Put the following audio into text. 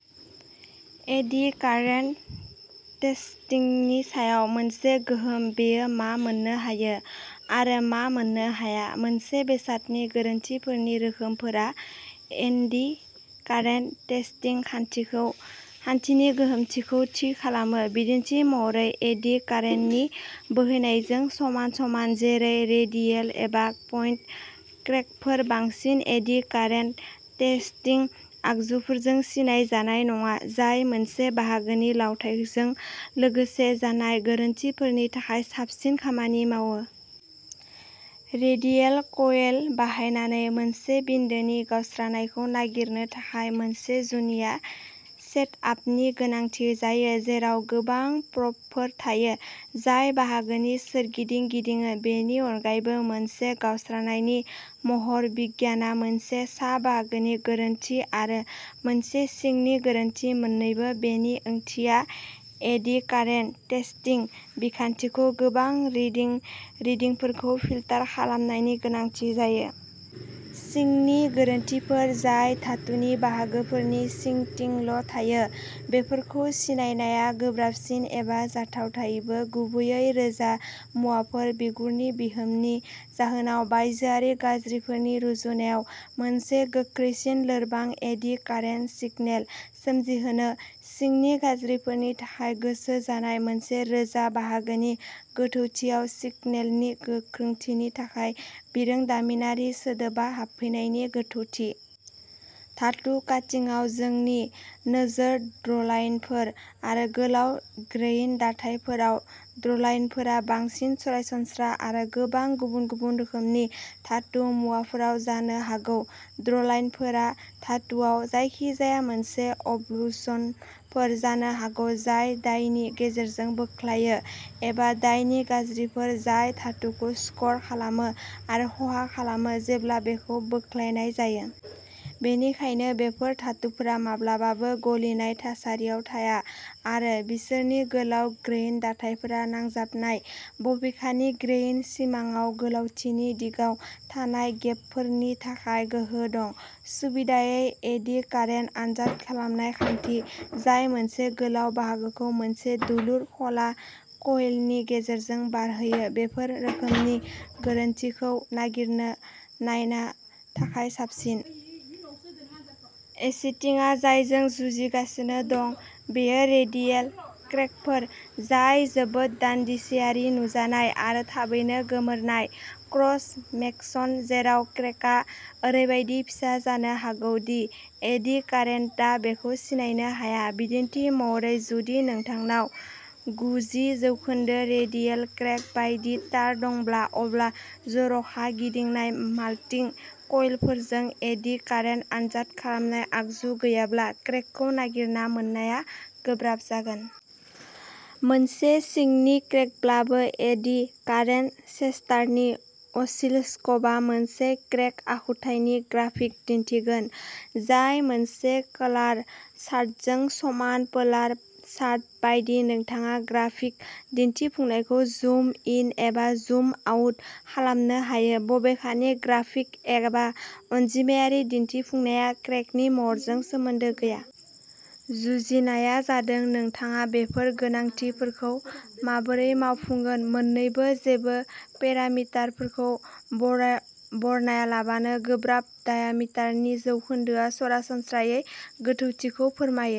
Eddie current टेस्टिंनि सायाव मोनसे गोहोम, बेयो मा मोन्नो हायो, आरो मा मोननो हाया। मोनसे बेसादनि गोरोन्थिफोरनि रोखोमफोरा एडि कारेन्ट टेस्टिं खान्थिनि गोहोमथिखौ थि खालामो। बिदिन्थि महरै, एडि कारेन्टनि बोहैनायजों समान-समान जेरै रेडियेल एबा पइन्ट क्रेकफोर बांसिन एडि कारेन्ट टेस्टिं आगजुफोरजों सिनाय जानाय नङा, जाय मोनसे बाहागोनि लावथाइजों लोगोसे जानाय गोरोन्थिफोरनि थाखाय साबसिन खामानि मावो। रेडियेल क'इल बाहायनानै मोनसे बिन्दोनि गावस्रानायखौ नागिरनो थाखाय मोनसे जुनिया सेटआपनि गोनांथि जायो, जेराव गोबां प्र'बफोर थायो जाय बाहागोनि सोरगिदिं गिदिङो। बेनि अनगायैबो, मोनसे गावस्रानायनि महर बिगियानआ मोनसे सा-बाहागोनि गोरोन्थि आरो मोनसे सिंनि गोरोन्थि मोन्नैबो बेनि ओंथिया एडि कारेन्ट टेस्टिं बिखान्थिखौ गोबां रिडिंफोरखौ फिल्टार खालामनायनि गोनांथि जायो। सिंनि गोरोन्थिफोर जाय धातुनि बाहागोफोरनि सिंथिंल' थायो, बेफोरखौ सिनायनाया गोब्राबसिन एबा जाथावैबो, गुबैयै रोजा मुवाफोर, बिगुरनि गोहोमनि जाहोनाव-बायजोआरि गाज्रिफोरनि रुजुनायाव मोनसे गोख्रैसिन लोरबां एडि कारेन्ट सिगनेल सोमजिहोनो सिंनि गाज्रिफोरनि थाखाय गोसो जानाय। मोनसे रोजा बाहागोनि गोथौथियाव सिगनेलनि गोख्रोंथिनि थाखाय बिरोंदामिनारि सोदोबा हाबफैनायनि गोथौथि। धातु काटिंआव, जोंनि नोजोरआ ड्र'लाइनफोर आरो गोलाव ग्रेइन दाथायफोराव। ड्र'लाइनफोरा बांसिन सरासनस्रा आरो गोबां गुबुन-गुबुन रोखोमनि धातु मुवाफोराव जानो हागौ। ड्र'लाइनफोरा धातुआव जायखिजाया मोनसे अबक्लुजनफोर जानो हागौ जाय डाइनि गेजेरजों बोख्लायो एबा डाइनि गाज्रिफोर जाय धातुखौ स्कर खालामो आरो खहा खालामो जेब्ला बेखौ बोख्लायनाय जायो। बेनिखायनो, बेफोर धातुफोरा माब्लाबाबो गलिनाय थासारियाव थाया, आरो बिसोरनि गोलाव ग्रेइन दाथायफोरा नांजाबनाय। बबेखानि, ग्रेइन सिमायाव गोलावथिंनि दिगाव थानाय गेपफोरनि थाखाय गोहो दं। सुबिदायै, एडि कारेन्ट आनजाद खालामनाय खान्थि, जाय मोनसे गोलाव बाहागोखौ मोनसे दुलुर, ख'ला क'इलनि गेजेरजों बारहोयो, बेफोर रोखोमनि गोरोन्थिफोरखौ नागिरना नायनो थाखाय साबसिन। इसिटिआ जायजों जुजिगासिनो दं बेयो रेडियेल क्रेकफोर, जाय जोबोद दानदिसेयारि-नुजानाय आरो थाबैनो गोमोरनाय। क्रस सेकसन जेराव क्रेकआ ओरैबायदि फिसा जानो हागौ दि एडि कारेन्टआ बेखौ सिनायनो हाया। बिदिन्थि महरै, जुदि नोंथांनाव गुजि जौखोन्दो रेडियेल क्रेक बायदि तार दंब्लाबो, अब्ला जर'खा गिदिंनाय माल्टि-क'इलफोरजों एडि कारेन्ट आनजाद खालामनाय आगजु गैयाब्ला क्रेकखौ नागिरना मोन्नायआ गोब्राब जागोन। मोनसे सिंनि क्रेकब्लाबो। एडि कारेन्ट टेस्टारनि असिलस्कपआ मोनसे क्रेक आखुथायनि ग्राफिक दिन्थिगोन, जाय मोनसे पलार चार्टजों समान पोलार चार्ट बायदि, नोंथाङा ग्राफिक दिन्थिफुंनायखौ जुम इन एबा जुम आउट खालामनो हायो। बबेखानि, ग्राफिक एबा अनजिमायारि दिन्थिफुंनाया क्रेकनि महरजों सोमोन्दो गैया। जुजिनाया जादों नोंथाङा बैफोर गोनांथिफोरखौ माबोरै मावफुंगोन? मोननैबो जेबो पेरामिटारफोरखौ बरनायालाबानो गोब्राब। डायामिटारनि जौखोन्दोआ सरासनस्रायै गोथौथिखौ फोरमायो।